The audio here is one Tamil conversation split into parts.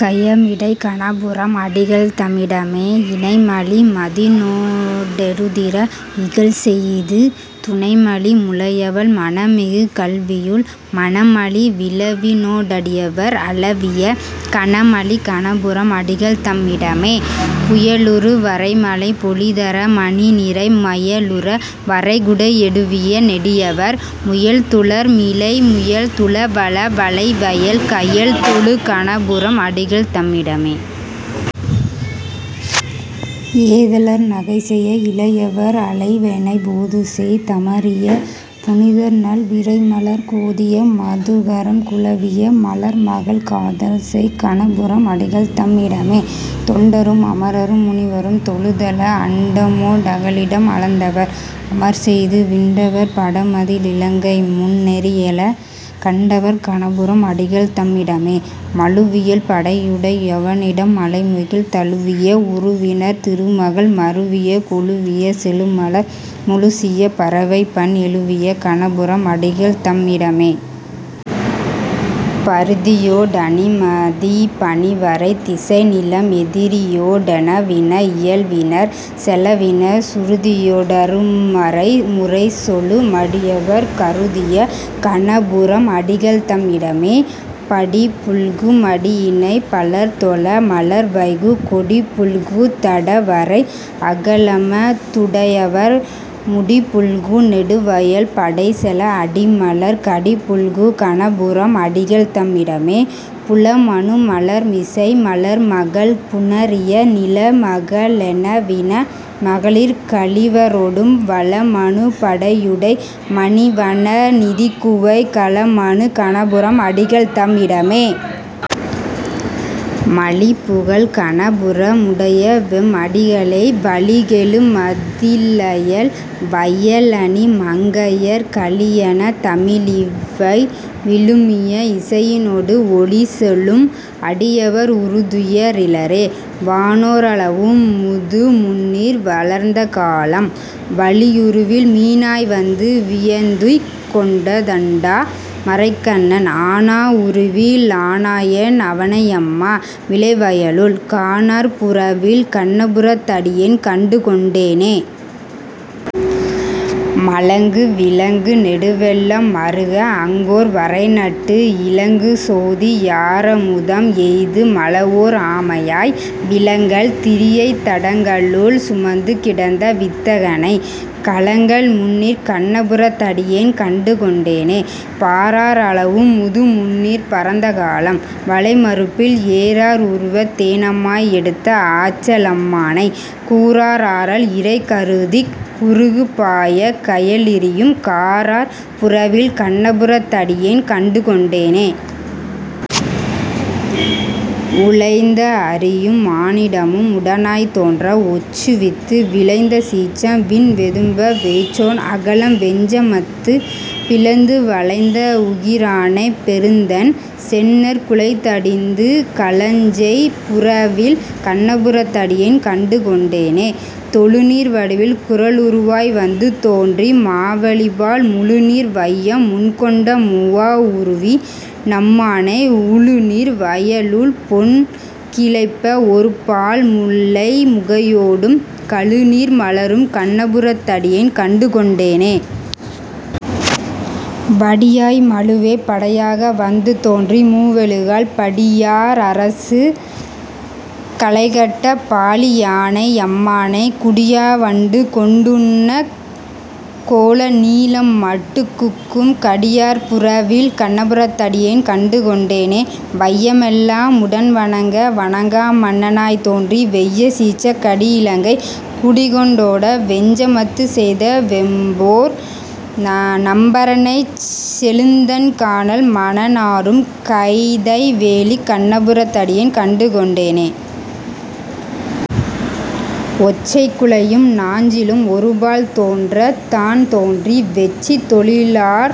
கயமிடை கணபுரம் அடிகள்தமிடமே.. இணைமலி மருதினொ டெருதிற இகல்செய்து துணைமலி முலையவள் மணமிகு கலவியுள், மணமலி விழவினொ டடியவர் அளவிய, கணமலி கணபுரம் அடிகள்தம் இடமே.. புயலுறு வரைமழை பொழிதர மணிநிரை, மயலுற வரைகுடை யெடுவிய நெடியவர், முயல்துளர் மிளைமுயல் துளவள விளைவயல், கயல்துளு கணபுரம் அடிகள்தம் இடமே.. ஏதலர் நகைசெய இளையவர் அளைவெணெய் போதுசெய் தமரிய புனிதர்நல் விரைமலர் கோதிய மதுகரம் குலவிய மலர்மகள் காதல்செய் கணபுரம் அடிகள்தம் இடமே.. தொண்டரும் அமரரும் முனிவரும் தொழுதெழ அண்டமொ டகலிடம் அளந்தவர் அமர்ச்செய்து விண்டவர் படமதி ளிலங்கைமுன் னெரியெழ கண்டவர் கணபுரம் அடிகள்தம் இடமே.. மழுவியல் படையுடை யவனிடம் மழைமுகில், தழுவிய உருவினர் திருமகள் மருவிய கொழுவிய செழுமலர் முழுசிய பறவைபண் எழுவிய கணபுரம் அடிகள்தம் இடமே.. பரிதியொ டணிமதி பனிவரை திசைநிலம் எரிதியொ டெனவின இயல்வினர் செலவினர் சுருதியொ டருமறை முறைசொலு மடியவர் கருதிய கணபுரம் அடிகள்தம் இடமே.. படிபுல்கு மடியிணை பலர்தொழ மலர்வைகு கொடிபுல்கு தடவரை அகலம துடையவர் முடிபுல்கு நெடுவயல் படைசெல அடிமலர் கடிபுல்கு கணபுரம் அடிகள்தம் இடமே.. புலமனு மலர்மிசை மலர்மகள் புணரிய நிலமக ளெனவின மகளிர்க ளிவரொடும் வலமனு படையுடை மணிவணர் நிதிகுவை கலமனு கணபுரம் அடிகள்தம் இடமே.. மலிபுகழ் கணபுர முடையவெம் அடிகளை வலிகெழு மதிளயல் வயலணி மங்கையர் கலியன தமிழிவை விழுமிய இசையினொடு ஒலிசொலும் அடியவர் உறுதுய ரிலரே. வானோ ரளவும் முதுமுந்நீர் வளர்ந்த காலம், வலியுருவில் மீனாய் வந்து வியந்துய்யக் கொண்ட தண்டா மரைக்கண்ணன், ஆனா வுருவி லானாயன் அவனை யம்மா விளைவயலுள், கானார் புறவில் கண்ணபுரத் தடியேன் கண்டு கொண்டேனே.. மலங்கு விலங்கு நெடுவெள்ளம் மறுக அங்கோர் வரைநட்டு இலங்கு சோதி யாரமுதம் எய்து மளவோர் ஆமையாய், விலங்கல் திரியத் தடங்கடலுள் சுமந்து கிடந்த வித்தகனை, கலங்கல் முந்நீர்க் கண்ணபுரத் தடியேன் கண்டு கொண்டேனே.. பாரார் அளவும் முதுமுந்நீர் பரந்த காலம், வளைமருப்பில் ஏரார் உருவத் தேனமாய் எடுத்த ஆற்ற லம்மானை, கூரார் ஆரல் இரைகருதிக் குருகு பாயக் கயலிரியும், காரார் புறவில் கண்ணபுரத் தடியேன் கண்டு கொண்டேனே.. உளைந்த அரியும் மானிடமும் உடனாய்த் தோன்ற ஒன்றுவித்து, விளைந்த சீற்றம் விண்வெதும்ப வேற்றோன் அகலம் வெஞ்சமத்து, பிளந்து வளைந்த வுகிரானைப் பெருந்தண் செந்நெற் குலைதடிந்து, களஞ்செய் புறவில் கண்ணபுரத் தடியேன் கண்டு கொண்டேனே.. தொழுநீர் வடிவில் குறளுருவாய் வந்து தோன்றி மாவலிபால், முழுநீர் வையம் முன்கொண்ட மூவா வுருவி னம்மானை உழுநீர் வயலுள் பொன்கிளைப்ப ஒருபால் முல்லை முகையோடும் கழுநீர் மலரும் கண்ணபுரத் தடியேன் கண்டு கொண்டேனே.. வடிவாய் மழுவே படையாக வந்து தோன்றி மூவெழுகால், படியார் அரசு களைகட்ட பாழி யானை யம்மானை, குடியா வண்டு கொண்டுண்ணக் கோல நீலம் மட்டுகுக்கும், கடியார் புறவில் கண்ணபுரத் தடியேன் கண்டு கொண்டேனே.. வைய மெல்லா முடன்வணங்க வணங்கா மன்ன னாய்த்தோன்றி, வெய்ய சீற்றக் கடியிலங்கை குடிகொண் டோட வெஞ்சமத்து, செய்த வெம்போர் நம்பரனைச் செழுந்தண் கானல் மணநாறும், கைதை வேலிக் கண்ணபுரத் தடியேன் கண்டு கொண்டேனே.. ஒற்றைக் குழையும் நாஞ்சிலும் ஒருபால் தோன்றத் தான்தோன்றி, வெற்றித் தொழிலார்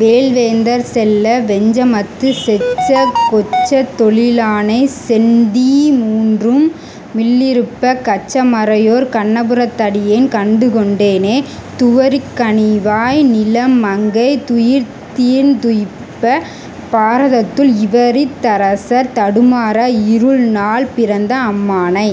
வேல்வேந்தர் செல்ல வெஞ்சமத்து, செற்ற கொற்றத் தொழிலானைச் செந்தீ மூன்றும் மில்லிருப்ப, கற்ற மறையோர் கண்ணபுரத் தடியேன் கண்டு கொண்டேனே.. துவரிக் கனிவாய் நிலமங்கை துயர்தீர்ந் துய்யப் பாரதத்துள், இவரித் தரசர் தடுமாற இருள்நாள் பிறந்த அம்மானை,